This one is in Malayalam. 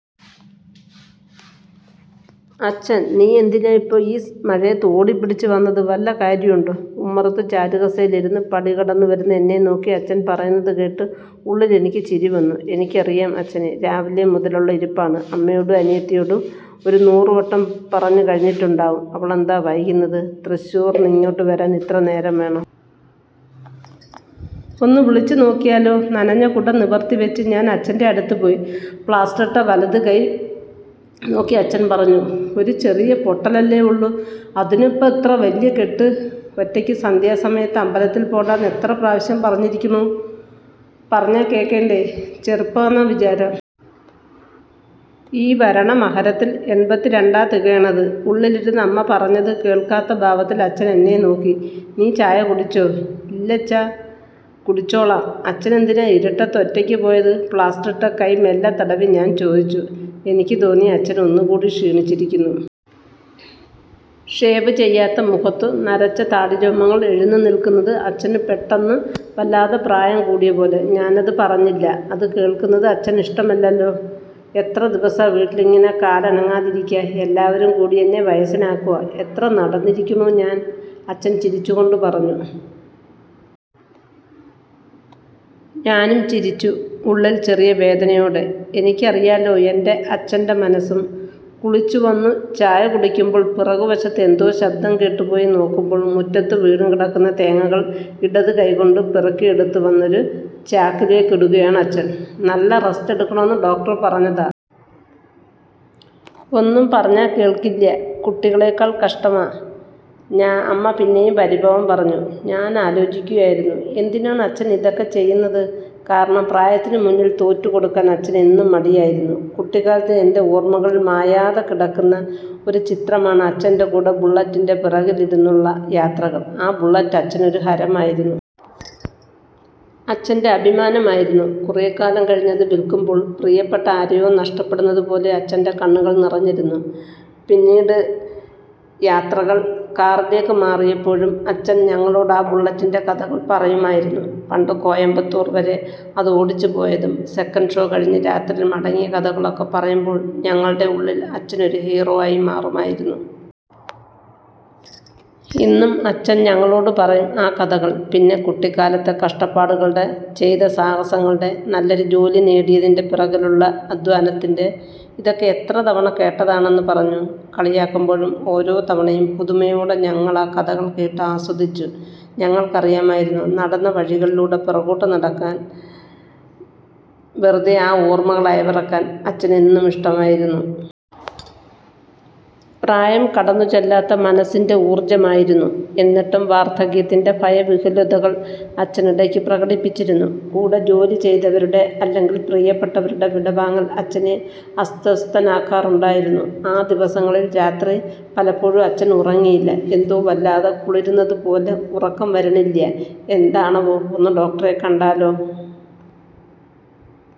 അച്ഛൻ ' നീയെന്തിനാപ്പോ ഈ മഴയത്ത് ഓടിപിടിച്ച് വന്നത് വല്ല കാര്യണ്ടോ. ' ഉമ്മറത്തെ ചാരുകസേരയിലിരുന്ന് പടി കടന്നു വരുന്ന എന്നെ നോക്കി അച്ഛൻ പറയുന്നത് കേട്ട് ഉള്ളിലെനിക്ക് ചിരി വന്നു. എനിക്കറിയാം അച്ഛനെ. രാവിലെ മുതലുള്ള ഇരിപ്പാണ്. അമ്മയോടും അനിയത്തിയോടും ഒരു നൂറു വട്ടം പറഞ്ഞു കഴിഞ്ഞിട്ടുണ്ടാവും ' അവളെന്താ വൈകണത് തൃശ്ശൂർന്നിങ്ങട് വരാൻ ഇത്ര നേരം വേണോ. ഒന്ന് വിളിച്ചു നോക്കിയാലോ. ' നനഞ്ഞ കുട നിവർത്തി വെച്ച് ഞാൻ അച്ഛന്‍റെ അടുത്ത് പോയി. പ്ലാസ്റ്ററിട്ട വലതു കൈ നോക്കി അച്ഛൻ പറഞ്ഞു. ' ഒരു ചെറിയ പൊട്ടലേ ള്ളൂ അതിനാപ്പൊത്ര വല്യ കെട്ട് ' ഒറ്റക്ക് സന്ധ്യാ സമയത്ത് അമ്പലത്തിൽ പോണ്ടാന്ന് എത്ര പ്രാവശ്യം പറഞ്ഞിരിക്കുണു പറഞ്ഞാ കേക്കണ്ടേ ചെറുപ്പാന്നാ വിചാരം. ഈ വരണ മകരത്തില്‍ എൺപത്തിരണ്ടാ തികയണത്. ' ഉള്ളിലിരുന്ന് അമ്മ പറഞ്ഞത് കേൾക്കാത്ത ഭാവത്തിൽ അച്ഛൻ എന്നെ നോക്കി. ' നീ ചായ കുടിച്ചോ? ' ഇല്ല്യച്ഛാ കുടിച്ചോളാം അച്ഛെനെന്തിനാ ഇരുട്ടത്ത് ഒറ്റക്ക് പോയത് '' പ്ലാസ്റ്ററിട്ട കൈ മെല്ലെ തടവി ഞാൻ ചോദിച്ചു എനിക്ക് തോന്നി അച്ഛൻ ഒന്ന് കൂടി ക്ഷീണിച്ചിരിക്കുന്നു. ഷേവ് ചെയ്യാത്ത മുഖത്തു നരച്ച താടിരോമങ്ങൾ എഴുന്നു നിൽക്കുന്നു അച്ഛന് പെട്ടെന്ന് വല്ലാതെ പ്രായം കൂടിയ പോലെ. ഞാനത് പറഞ്ഞില്ല അത് കേൾക്കുന്നത് അച്ഛനിഷ്ടമല്ലല്ലോ ' എത്ര ദിവസാ വീട്ടിലിങ്ങനെ കാലനങ്ങാതെ ഇരിക്കാ. എല്ലാവരും കൂടിയെന്നെ വയസ്സനാക്കാ. എത്ര നടന്നിരിക്കുണു ഞാൻ ' അച്ഛൻ ചിരിച്ചു കൊണ്ട് പറഞ്ഞു. ഞാനും ചിരിച്ചു. ഉള്ളിൽ ചെറിയ വേദനയോടെ. എനിക്കറിയാലോ എന്‍റെ അച്ഛന്‍റെ മനസ്സും. കുളിച്ചു വന്നു ചായ കുടിക്കുമ്പോൾ പുറകു വശത്തു എന്തോ ശബ്ദം കേട്ട് പോയി നോക്കുമ്പോൾ മുറ്റത്ത് വീണു കിടക്കുന്ന തേങ്ങകൾ ഇടതു കൈ കൊണ്ട് പെറുക്കിയെടുത്തു വന്നു ഒരു ചാക്കിലേക്കിടുകയാണ് അച്ഛൻ ' നല്ല റസ്റ്റ് എടുക്കണംന്ന് ഡോക്ടർ പറഞ്ഞതാ. ഒന്നും പറഞ്ഞാ കേൾക്കില്ല്യ കുട്ടികളെക്കാൾ കഷ്ടാ. ' അമ്മ പിന്നെയും പരിഭവം പറഞ്ഞു. ഞാനാലോചിക്കുകയായിരുന്നു. എന്തിനാണ് അച്ഛൻ ഇതൊക്കെ ചെയ്യുന്നത് കാരണം പ്രായത്തിനു മുന്നിൽ തോറ്റു കൊടുക്കാൻ അച്ഛന് എന്നും മടിയായിരുന്നു. കുട്ടിക്കാലത്തെ എന്‍റെ ഓർമകളിൽ മായാതെ കിടക്കുന്ന ഒരു ചിത്രമാണ് അച്ഛന്‍റെ കൂടെ ബുള്ളറ്റിന്റെ പുറകിലിരുന്നുള്ള യാത്രകൾ ആ ബുള്ളറ്റ് അച്ഛനൊരു ഹരമായിരുന്നു. അച്ഛന്‍റെ അഭിമാനമായിരുന്നു. കുറെ കാലം കഴിഞ്ഞ് അത് വിൽക്കുമ്പോൾ പ്രിയപ്പെട്ട ആരെയോ നഷ്ടപ്പെടുന്നതു പോലെ അച്ഛന്റെ കണ്ണുകൾ നിറഞ്ഞിരുന്നു പിന്നീട് യാത്രകൾ കാറിലേക്ക് മാറിയപ്പോഴും അച്ഛൻ ഞങ്ങളോട് ആ ബുള്ളറ്റിന്റെ കഥകൾ പറയുമായിരുന്നു. പണ്ട് കോയമ്പത്തൂർ വരെ അതോടിച്ചു പോയതും സെക്കന്‍റ് ഷോ കഴിഞ്ഞു രാത്രിയിൽ മടങ്ങിയ കഥകളൊക്കെ പറയുമ്പോൾ ഞങ്ങളുടെ ഉള്ളിൽ അച്ഛൻ ഒരു ഹീറോ ആയി മാറുമായിരുന്നു. ഇന്നും അച്ഛൻ ഞങ്ങളോട് പറയും ആ കഥകൾ. പിന്നെ കുട്ടിക്കാലത്തെ കഷ്ടപ്പാടുകളുടെ, ചെയ്ത സാഹസങ്ങളുടെ, നല്ലൊരു ജോലി നേടിയതിന്‍റെ പുറകിലുള്ള അദ്ധ്വാനത്തിന്‍റെ ' ഇതൊക്കെ എത്ര തവണ കേട്ടതാ'ണെന്ന് പറഞ്ഞു കളിയാക്കുമ്പോഴും ഓരോ തവണയും പുതുമയോടെ ഞങ്ങളാ കഥകൾ കേട്ടു ആസ്വദിച്ചു ഞങ്ങൾക്കറിയാമായിരുന്നു നടന്ന വഴികളിലൂടെ പുറകോട്ടു നടക്കാൻ വെറുതെ ആ ഓർമ്മകൾ അയവിറക്കാൻ അച്ഛന് എന്നും ഇഷ്ടമായിരുന്നു. പ്രായം കടന്നു ചെല്ലാത്ത മനസ്സിന്‍റെ ഊർജ്ജമായിരുന്നു. എന്നിട്ടും വാർദ്ധക്യത്തിന്റെ ഭയവിഹ്വലതകൾ അച്ഛൻ ഇടക്ക് പ്രകടിപ്പിച്ചിരുന്നു. കൂടെ ജോലി ചെയ്തവരുടെ അല്ലെങ്കിൽ പ്രിയപ്പെട്ടവരുടെ വിടവാങ്ങൽ അച്ഛനെ അസ്വസ്ഥനാക്കാറുണ്ടായിരുന്നു ആ ദിവസങ്ങളിൽ രാത്രി പലപ്പോഴും അച്ഛൻ ഉറങ്ങിയില്ല ' എന്തോ വല്ലാതെ കുളിരുന്നതു പോലെ ഉറക്കം വരിണില്യ എന്താണാവോ ഒന്ന് ഡോക്ടറെ കണ്ടാലോ.